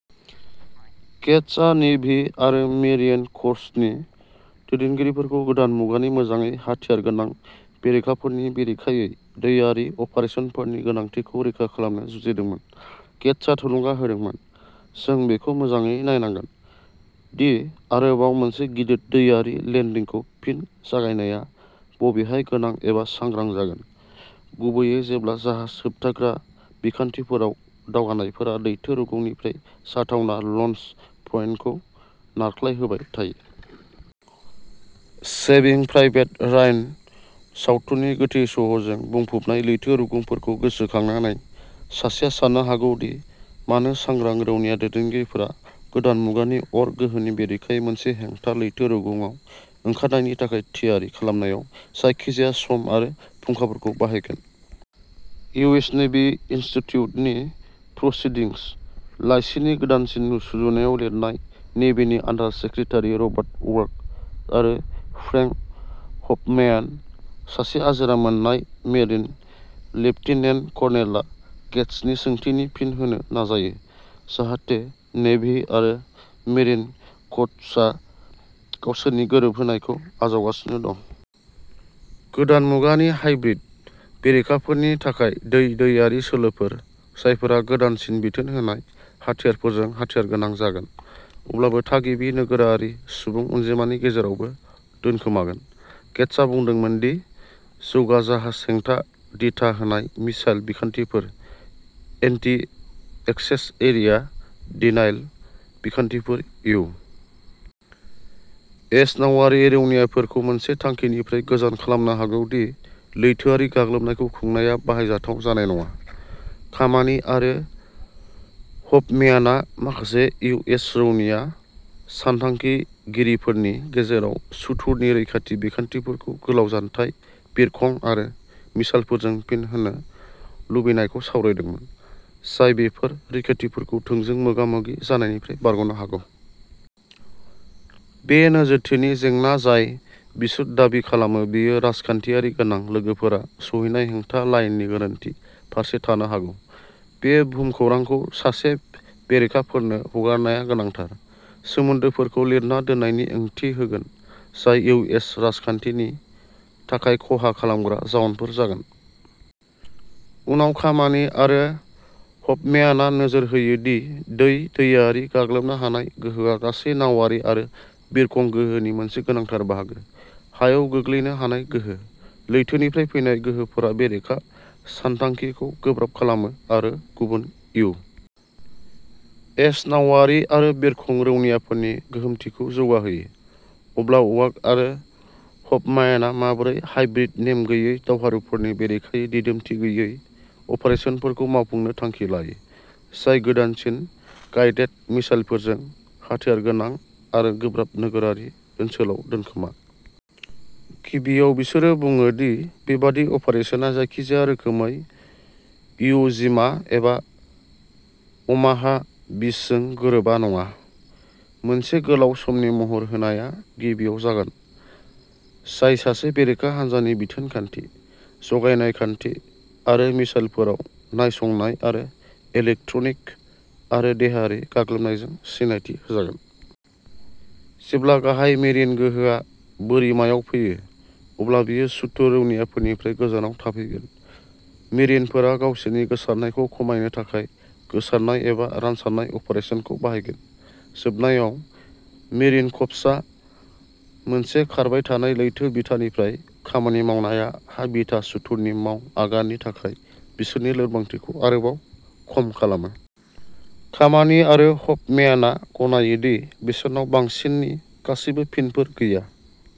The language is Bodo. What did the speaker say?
गेट्सआ नेभी आरो मेरिन कर्प्सनि दैदेनगिरिफोरखौ गोदान मुगानि मोजाङै हाथियार गोनां बेरेखाफोरनि बेरेखायै दैआरि अपारेसनफोरनि गोनांथिखौ रैखा खालामनो जुजिदोंमोन। गेट्सआ थुलुंगा होदोंमोन, जों बेखौ मोजाङै नायनांगोन दि आरोबाव मोनसे गिदिर दैआरि लेन्डिंखौ फिन जागायनाया बबेहाय गोनां एबा सांग्रां जागोन, गुबैयै जेब्ला जाहाज होबथाग्रा बिखान्थिफोराव दावगानायफोरा लैथो रुगुंनिफ्राय जाथावना लञ्च पइन्टखौ नारख्लायहोबाय थायो। सेभिं प्राइभेट रायन सावथुननि गोथै सह'जों बुंफबनाय लैथो रुगुंफोरखौ गोसोखांनानै, सासेआ साननो हागौ दि मानो सांग्रां रौनिया दैदेनगिरिफोरा गोदान मुगानि अर गोहोनि बेरेखायै मोनसे हेंथा लैथो रुगुंआव ओंखारनायनि थाखाय थियारि खालामनायाव जायखिजाया सम आरो फुंखाफोरखौ बाहायगोन। इउ. एस. नेभी इनस्टिट्युटनि प्र'सीडिंग्स लाइसिनि गोदानसिन सुजुनायाव लिरनाय नेभीनि आन्डार सेक्रेटारि रबार्ट वर्क आरो फ्रेंक हफम्यान, सासे आजिरा मोननाय मेरिन लेफ्टिनेन्ट कर्नेलआ गेट्सनि सोंथिनि फिन होनो नाजायो, जाहाते नेभी आरो मेरिन कर्प्सआ गावसोरनि गोरोबहोनायखौ आजावगासिनो दं। गोदान मुगानि "हाइब्रिद" बेरेखाफोरनि थाखाय दै-दैआरि सोलोफोर, जायफोरा गोदानसिन बिथोन होनाय हाथियारफोरजों हाथियारगोनां जागोन, अब्लाबो थागिबि नोगोरारि सुबुं अनजिमानि गेजेरावबो दोनखोमागोन। गेट्सआ बुंदोंमोन दि जौगा जाहाज हेंथा दिथा होनाय मिसाइल बिखान्थिफोर "एन्टी-एक्सेस एरिया डिनायेल" बिखान्थिफोर इउ. एस. नावारि रौनियाफोरखौ मोनसे थांखिनिफ्राय गोजान खालामनो हागौ दि लैथोआरि गाग्लोबनायखौ खुंनाया बाहायजाथाव जानाय नङा। खामानि आरो हफम्यानआ माखासे इउ. एस. रौनिया सानथांखिगिरिफोरनि गेजेराव सुथुरनि रैखाथि बिखान्थिफोरखौ गोलाव जानथाय बिरखं आरो मिसाइलफोरजों फिन होनो लुबैनायखौ सावरायदोंमोन, जाय बेफोर रैखाथिफोरखौ थोंजों मोगा-मोगि जानायनिफ्राय बारग'नो हागौ। बे नोजोरथिनि जेंना जाय बिसोर दाबि खालामो बेयो राजखानथियारि गोनां लोगोफोरा सौहैनाय हेंथा लाइननि गोरोन्थि फारसे थानो हागौ। बे भुमखौरांखौ सासे बेरेखाफोरनो हगारनाया गोनांथार सोमोन्दोफोरखौ लिरना दोननायनि ओंथि होगोन, जाय इउ. एस. राजखानथिनि थाखाय खहा खालामग्रा जाउनफोर जागोन। उनाव खामानि आरो हफम्यानआ नोजोर होयो दि दै-दैआरि गाग्लोबनो हानाय गोहोआ गासै नावारि आरो बिरखं गोहोनि मोनसे गोनांथार बाहागो। हायाव गोग्लैनो हानाय गोहो। लैथोनिफ्राय फैनाय गोहोफोरा बेरेखा सानथांखिखौ गोब्राब खालामो आरो गुबुन इउ. एस. नावारि आरो बिरखं रौनियाफोरनि गोहोमथिखौ जौगाहोयो। अब्ला वर्क आरो हफम्यानआ माबोरै "हाइब्रिद" नेम गैयै दावहारुफोरनि बेरेखायै दिदोमथि गैयै अपारेसनफोरखौ मावफुंनो थांखि लायो, जाय गोदानसिन गाइडेड मिसाइलफोरजों हाथियारगोनां आरो गोब्राब नोगोरारि ओनसोलाव दोनखोमा। गिबियाव बिसोरो बुङो दि बेबादि अपारेसनआ जायखिजाया रोखोमै इव'जिमा एबा अमाहा बीचजों गोरोबा नङा। मोनसे गोलाव समनि महर होनायआ गिबियाव जागोन, जाय सासे बेरेखा हान्जानि बिथोन खान्थि, जगायनाय खान्थि आरो मिसाइलफोराव नायसंनाय आरो इलेक्ट्रनिक आरो देहायारि गाग्लोबनायजों सिनायथि होजागोन। जेब्ला गाहाय मेरिन गोहोआ बोरिमायाव फैयो, अब्ला बेयो सुथुर रौनियाफोरनिफ्राय गोजानाव थाफैगोन। मेरिनफोरा गावसिनि गोसारनायखौ खमायनो थाखाय गोसारनाय एबा "रानसारनाय अपारेसन" खौ बाहायगोन। जोबनायाव, मेरिन कर्प्सआ मोनसे खारबाय थानाय लैथो बिथानिफ्राय खामानि मावनाया हा-बिथा सुथुरनि माव आगाननि थाखाय बिसोरनि लोरबांथिखौ आरोबाव खम खालामो। खामानि आरो हफम्यानआ गनायो दि बिसोरनाव बांसिननि गासैबो फिनफोर गैया।